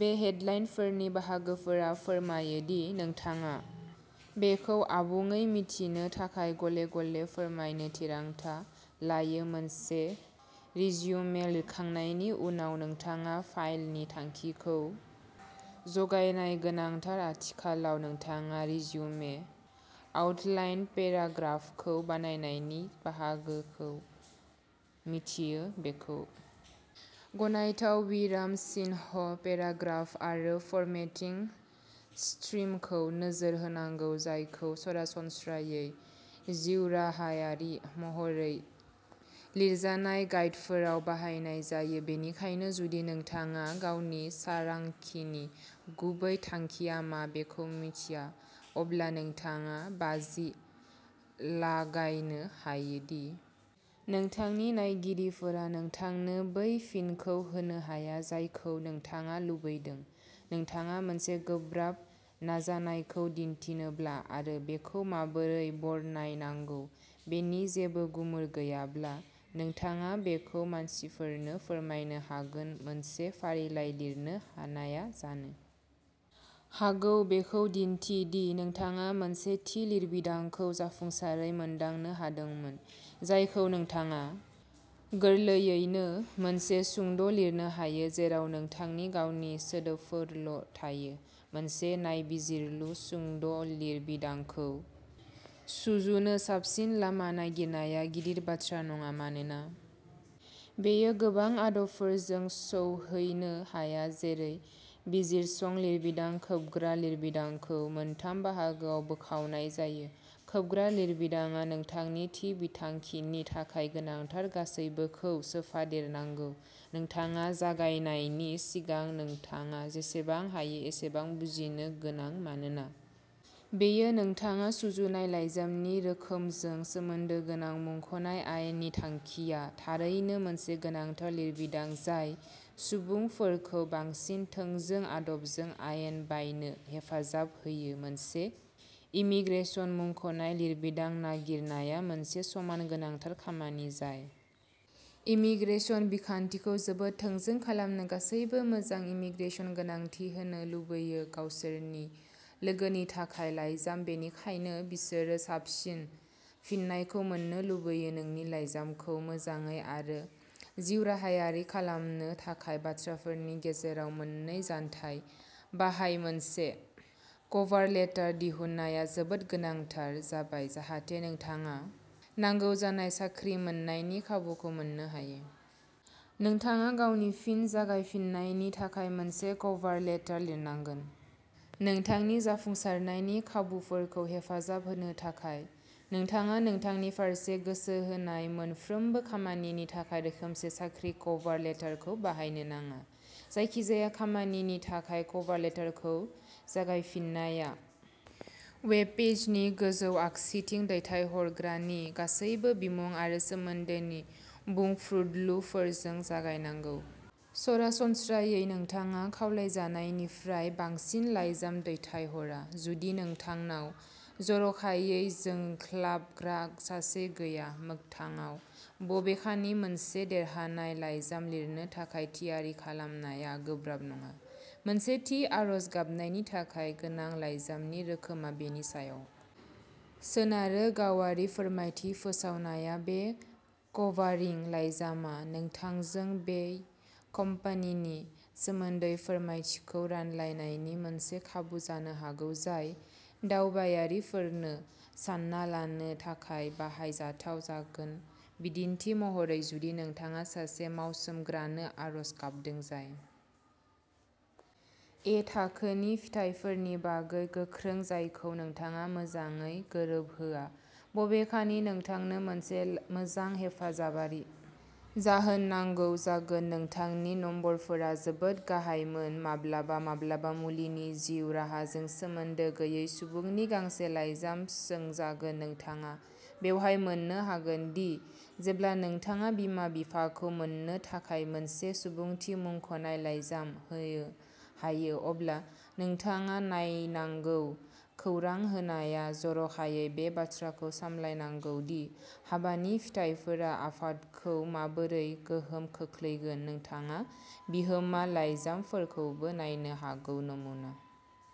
बे हेडलाइनफोरनि बाहागोफोरा फोरमायो दि नोंथाङा बेखौ आबुङै मिथिनो थाखाय गले गले फोरमायनो थिरांथा लायो मोनसे रिज्यूमे लिरखांनायनि उनाव नोंथाङा फाइलनि थांखिखौ जगायनाय गोनांथार आथिखालाव नोंथाङा रिज्यूमे आउटलाइन पेराग्राफखौ बानायनायनि बाहागोखौ मिन्थियो बेखौ गनायथाव विराम चिह्न पेराग्राफ आरो फरमेटिं स्ट्रिमखौ नोजोर होनांगौ जायखौ सरासनस्रायै जिउराहायारि महरै लिरजानाय गाइडफोराव बाहायनाय जायो बेनिखायनो जुदि नोंथाङा गावनि सारांखिनि गुबै थांखिया मा बेखौ मिन्थिया अब्ला नोंथाङा बाजि लागायनो हायो दि नोंथांनि नायगिरिफोरा नोंथांनो बै फिनखौ होनो हाया जायखौ नोंथाङा लुबैदों नोंथाङा मोनसे गोब्राब नाजानायखौ दिन्थिनोब्ला आरो बेखौ माबोरै बरनायनांगौ बेनि जेबो गुमुर गैयाब्ला नोंथाङा बेखौ मानसिफोरनो फोरमायनो हागोन मोनसे फारिलाइ लिरनो हानायआ जानो हागौ बेखौ दिन्थि दि नोंथाङा मोनसे थि लिरबिदांखौ जाफुंसारै मोनदांनो हादोंमोन जायखौ नोंथाङा गोरलैयैनो मोनसे सुंद' लिरनो हायो जेराव नोंथांनि गावनि सोदोबफोरल'थायो मोनसे नायबिजिरलु सुंद'लिरबिदांखौ सुजुनो साबसिन लामा नागिरनाया गिदिर बाथ्रा नङा मानोना बेयो गोबां आदबफोरजों सौहैनो हाया जेरै बिजिरसं लिरबिदां खोबग्रा लिरबिदांखौ मोनथाम बाहागोआव बोखावनाय जायो खोबग्रा लिरबिदांआ नोंथांनि थि बिथांखिनि थाखाय गोनांथार गासैबोखौ सोफादेरनांगौ नोंथाङा जागायनायनि सिगां नोंथाङा जेसेबां हायो एसेबां बुजिनो गोनां मानोना बेयो नोंथाङा सुजुनाय लाइजामनि रोखोमजों सोमोन्दो गोनां मुंख'नाय आयेननि थांखिआ थारैनो मोनसे गोनांथार लिरबिदां जाय सुबुंफोरखौ बांसिन थोंजों आदबजों आयेन बायनो हेफाजाब होयो मोनसे इमीग्रेसन मुंख'नाय लिरबिदां नागिरनाया मोनसे समान गोनांथार खामानि जाय इमीग्रेसन बिखान्थिखौ जोबोद थोंजों खालामो गासैबो मोजां इमीग्रेसन गोनांथि होनो लुबैयो गावसोरनि लोगोनि थाखाय लाइजाम बेनिखायनो बिसोरो साबसिन फिननायखौ मोन्नो लुबैयो नोंनि लाइजामखौ मोजाङै आरो जिउराहायारि खालामनो थाखाय बाथ्राफोरनि गेजेराव मोननै जानथाय बाहाय मोनसे कभारलेटर दिहुननाया जोबोद गोनांथार जाबाय जाहाथे नोंथाङा नांगौ जानाय साख्रि मोन्नायनि खाबुखौ मोननो हायो। नोंथाङा गावनि फिन जागायफिन्नायनि थाखाय मोनसे कभार लेटर लिरनांगोन। नोंथांनि जाफुंसारनायनि खाबुफोरखौ हेफाजाब होनो थाखाय नोंथाङा नोंथांनि फारसे गोसो होनाय मोनफ्रोमबो खामानिनि थाखाय रोखोमसे साख्रि कभार लेटरखौ बाहायनो नाङा। जायखिजाया खामानिनि थाखाय कभार लेटरखौ जागायफिननाया वेबपेजनि गोजौ आगसिथिं दैथायहरग्रानि गासैबो बिमुं आरो सोमोन्दोनि बुंफ्रुदलुफोरजों जागायनांगौ। सरासनस्रायै नोंथाङा खावलायजानायनिफ्राय बांसिन लाइजाम दैथायहरा जुदि नोंथांनाव जर'खायै जोंख्लाबग्रा सासे गैया मोगथाङाव बबेखानि मोनसे देरहानाय लाइजाम लिरनो थाखाय थियारि खालामनाया गोब्राब नङा। मोनसे थि आर'ज गाबनायनि थाखाय गोनां लाइजामनि रोखोमआ बेनि सायाव सोनारो गावारि फोरमायथि फोसावनाया बे कभारिं लाइजामआ नोंथांजों बै कम्पानिनि सोमोन्दै फोरमायथिखौ रानलायनायनि मोनसे खाबु जानो हागौ जाय दावबायारिफोरनो सानना लानो थाखाय बाहायजाथाव जागोन बिदिन्थि महरै जुदि नोंथाङा सासे मावसोमग्रानो आर'ज गाबदों जाय ए-थाखोनि फिथायफोरनि बागै गोख्रों जायखौ नोंथाङा मोजाङै गोरोबहोआ बबेखानि नोंथांनो मोनसे मोजां हेफाजाबारि जाहोन नांगौ जागोन नोंथांनि नम्बरफोरा जोबोद गाहायमोन माब्लाबा माब्लाबा मुलिनि जिउ राहाजों सोमोन्दो गैयै सुबुंनि गांसे लाइजाम सोंजागोन नोंथाङा बेवहाय मोननो हागोन दि जेब्ला नोंथाङा बिमा बिफाखौ मोननो थाखाय मोनसे सुबुंथि मुंख'नाय लाइजाम होनो हायो अब्ला नोंथाङा नायनांगौ खौरां होनाया जर'खायै बे बाथ्राखौ सामलायनांगौ दि हाबानि फिथायफोरा आफादखौ माबोरै गोहोम खोख्लैगोन नोंथाङा बिहोमा लाइजामफोरखौबो नायनो हागौ नमुना।